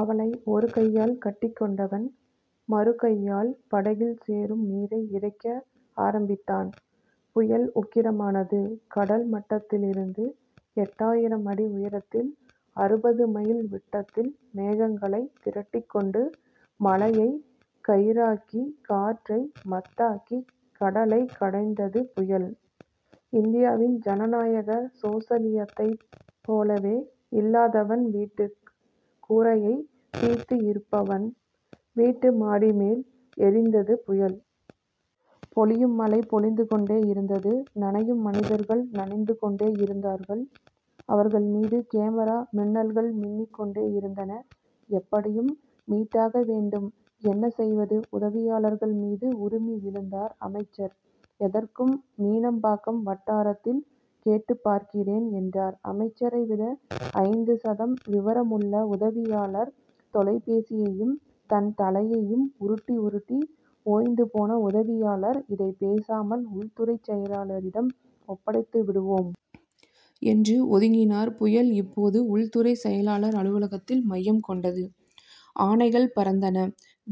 அவளை ஒருகையால் கட்டிக்கொண்டவன், மறுகையால் படகில் சேரும் நீரை இறைக்க ஆரம்பித்தான். புயல் உக்கிரமானது. கடல் மட்டத்திலிருந்து எட்டாயிரம் அடி உயரத்தில் அறுபது மைல் விட்டத்தில் மேகங்களைத் திரட்டிக்கொண்டு, மழையைக் கயிறாக்கிக் காற்றை மத்தாக்கிக் கடலைக் கடைந்தது புயல்... இந்தியாவின் ஜனநாயக சோசலிசத்தைப் போலவே இல்லாதவன் வீட்டுக் கூரையைப் பிய்த்து இருப்பவன் வீட்டு மாடிமேல் எறிந்தது புயல். பொழியும் மழை பொழிந்து கொண்டேயிருந்தது. நனையும் மனிதர்கள் நனைந்து கொண்டேயிருந்தார்கள். அவர்கள்மீது கேமரா மின்னல்கள் மின்னிக் கொண்டேயிருந்தன. எப்படியும் மீட்டாகவேண்டும்... என்ன செய்வது? உதவியாளர்மீது உறுமி விழுந்தார் அமைச்சர். எதற்கும் மீனம்பாக்கம் வட்டாரத்தில் கேட்டுப் பார்க்கிறேன்... என்றார் அமைச்சரைவிட ஐந்து சதம் விவரமுள்ள உதவியாளர். தொலைபேசியையும் தன் தலையையும் உருட்டி உருட்டி ஓய்ந்துபோன உதவியாளர், இதைப் பேசாமல் உள்துறைச் செயலாளரிடம் ஒப்படைத்துவிடுவோம்... என்று ஒதுங்கினார். புயல், இப்போது உள்துறைச் செயலாளர் அலுவலகத்தில் மையம் கொண்டது. ஆணைகள் பறந்தன.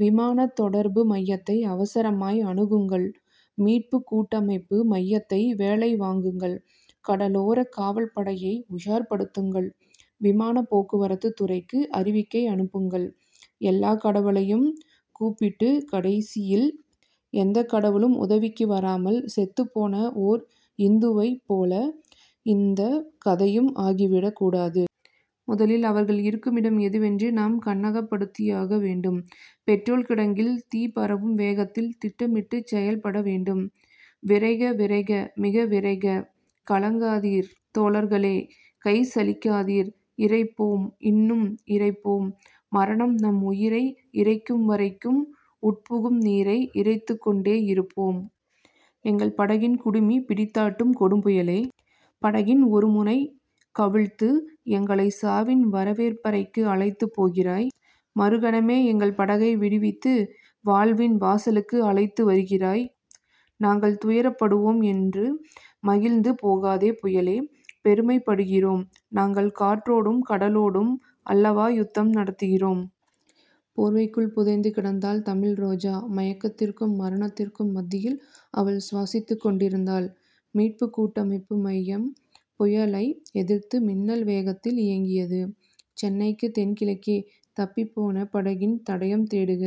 விமானத் தொடர்பு மையத்தை அவசரமாய் அணுகுங்கள். மீட்புக் கூட்டமைப்பு மையத்தை வேலை வாங்குங்கள். கடலோரக் காவல்படையை உஷார்ப்படுத்துங்கள். விமானப் போக்குவரத்துத் துறைக்கு அறிவிக்கை அனுப்புங்கள். எல்லாக் கடவுளையும் கூப்பிட்டுக் கடைசியில் எந்தக் கடவுளும் உதவிக்கு வராமல் செத்துப் போன ஓர் இந்துவைப் போல இந்தக் கதையும் ஆகிவிடக் கூடாது. முதலில் அவர்கள் இருக்குமிடம் எதுவென்று நாம் கண்ணகப்படுத்தியாக வேண்டும். பெட்ரோல் கிடங்கில் தீ பரவும் வேகத்தில் திட்டமிட்டுச் செயல்படவேண்டும். விரைக விரைக மிக விரைக. கலங்காதீர் தோழர்களே. கை சலிக்காதீர். இறைப்போம் இன்னும் இறைப்போம். மரணம் நம் உயிரை இறைக்கும்வரைக்கும், உட்புகும் நீரை இறைத்துக் கொண்டேயிருப்போம். எங்கள் படகின் குடுமி பிடித்தாட்டும் கொடும்புயலே. படகின் ஒருமுனை கவிழ்த்து எங்களைச் சாவின் வரவேற்பறைக்கு அழைத்துப் போகிறாய். மறுகணமே எங்கள் படகை விடுவித்து, வாழ்வின் வாசலுக்கு அழைத்து வருகிறாய். நாங்கள் துயரப்படுவோம் என்று மகிழ்ந்து போகாதே புயலே. பெருமைப்படுகிறோம். நாங்கள் காற்றோடும் கடலோடும் அல்லவா யுத்தம் நடத்துகிறோம்? போர்வைக்குள் புதைந்து கிடந்தாள் தமிழ்ரோஜா. மயக்கத்திற்கும் மரணத்திற்கும் மத்தியில் அவள் சுவாசித்துக் கொண்டிருந்தாள். மீட்புக் கூட்டமைப்பு மையம் புயலை எதிர்த்து மின்னல் வேகத்தில் இயங்கியது. சென்னைக்குத் தென்கிழக்கே தப்பிப்போன படகின் தடயம் தேடுக.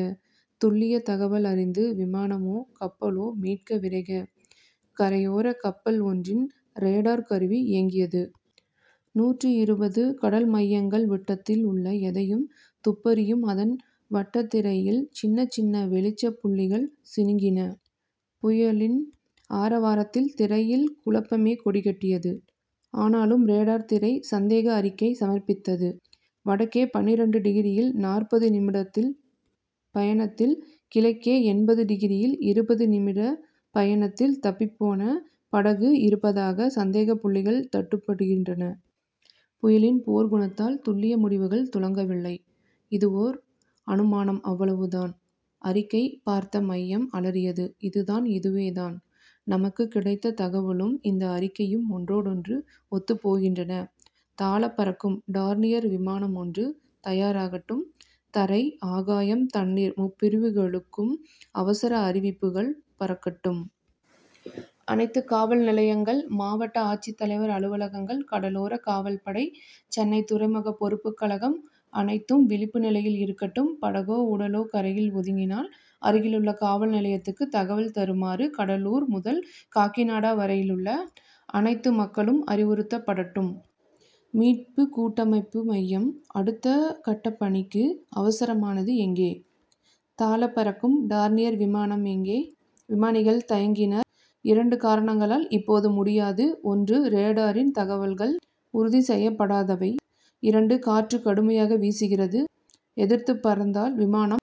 துல்லியத் தகவல் அறிந்து விமானமோ கப்பலோ மீட்க விரைக. கரையோரக் கப்பல் ஒன்றின் ரேடார் கருவி இயங்கியது. நூற்று இருபது கடல்மைல்கள் விட்டத்தில் உள்ள எதையும் துப்பறியும் அதன் வட்டத்திரையில் சின்னச் சின்ன வெளிச்சப் புள்ளிகள் சிணுங்கின. புயலின் ஆரவாரத்தில் திரையில் குழப்பமே கொடி கட்டியது. ஆனாலும் ரேடார் திரை சந்தேக அறிக்கை சமர்ப்பித்தது. வடக்கே பன்னிரண்டு டிகிரியில் நாற்பது நிமிடப் பயணத்தில், கிழக்கே எண்பது டிகிரியில் இருபது நிமிடப் பயணத்தில் தப்பிப்போன படகு இருப்பதான சந்தேகப்புள்ளிகள் தட்டுப்படுகின்றன. புயலின் போர்க்குணத்தால் துல்லிய முடிவுகள் துலங்கவில்லை. இது ஓர் அனுமானம் அவ்வளவுதான்... அறிக்கை பார்த்த மையம் அலறியது. இதுதான். இதுவேதான். நமக்குக் கிடைத்த தகவலும் இந்த அறிக்கையும் ஒன்றோடொன்று ஒத்துப் போகின்றன. தாழப் பறக்கும் டார்னியர் விமானமொன்று தயாராகட்டும். தரை ஆகாயம் தண்ணீர் முப்பிரிவுகளுக்கும் அவசர அறிவிப்புகள் பறக்கட்டும். அனைத்துக் காவல் நிலையங்கள், மாவட்ட ஆட்சித் தலைவர் அலுவலகங்கள், கடலோரக் காவல்படை, சென்னை துறைமுகப் பொறுப்புக் கழகம் அனைத்தும் விழிப்பு நிலையில் இருக்கட்டும் படகோ உடலோ கரையில் ஒதுங்கினால், அருகிலுள்ள காவல் நிலையத்துக்குத் தகவல் தருமாறு கடலூர் முதல் காக்கிநாடா வரையிலுள்ள அனைத்து மக்களும் அறிவுறுத்தப்படட்டும். மீட்புக் கூட்டமைப்பு மையம் அடுத்த கட்டப் பணிக்கு அவசரமானது. எங்கே? தாழப் பறக்கும் டார்னியர் விமானம் எங்கே? விமானிகள் தயங்கினர். இரண்டு காரணங்களால் இப்போது முடியாது ஒன்று ரேடரின் தகவல்கள் உறுதிசெய்யப்படாதவை. இரண்டு காற்று கடுமையாக வீசுகிறது. எதிர்த்துப் பறந்தால் விமானம்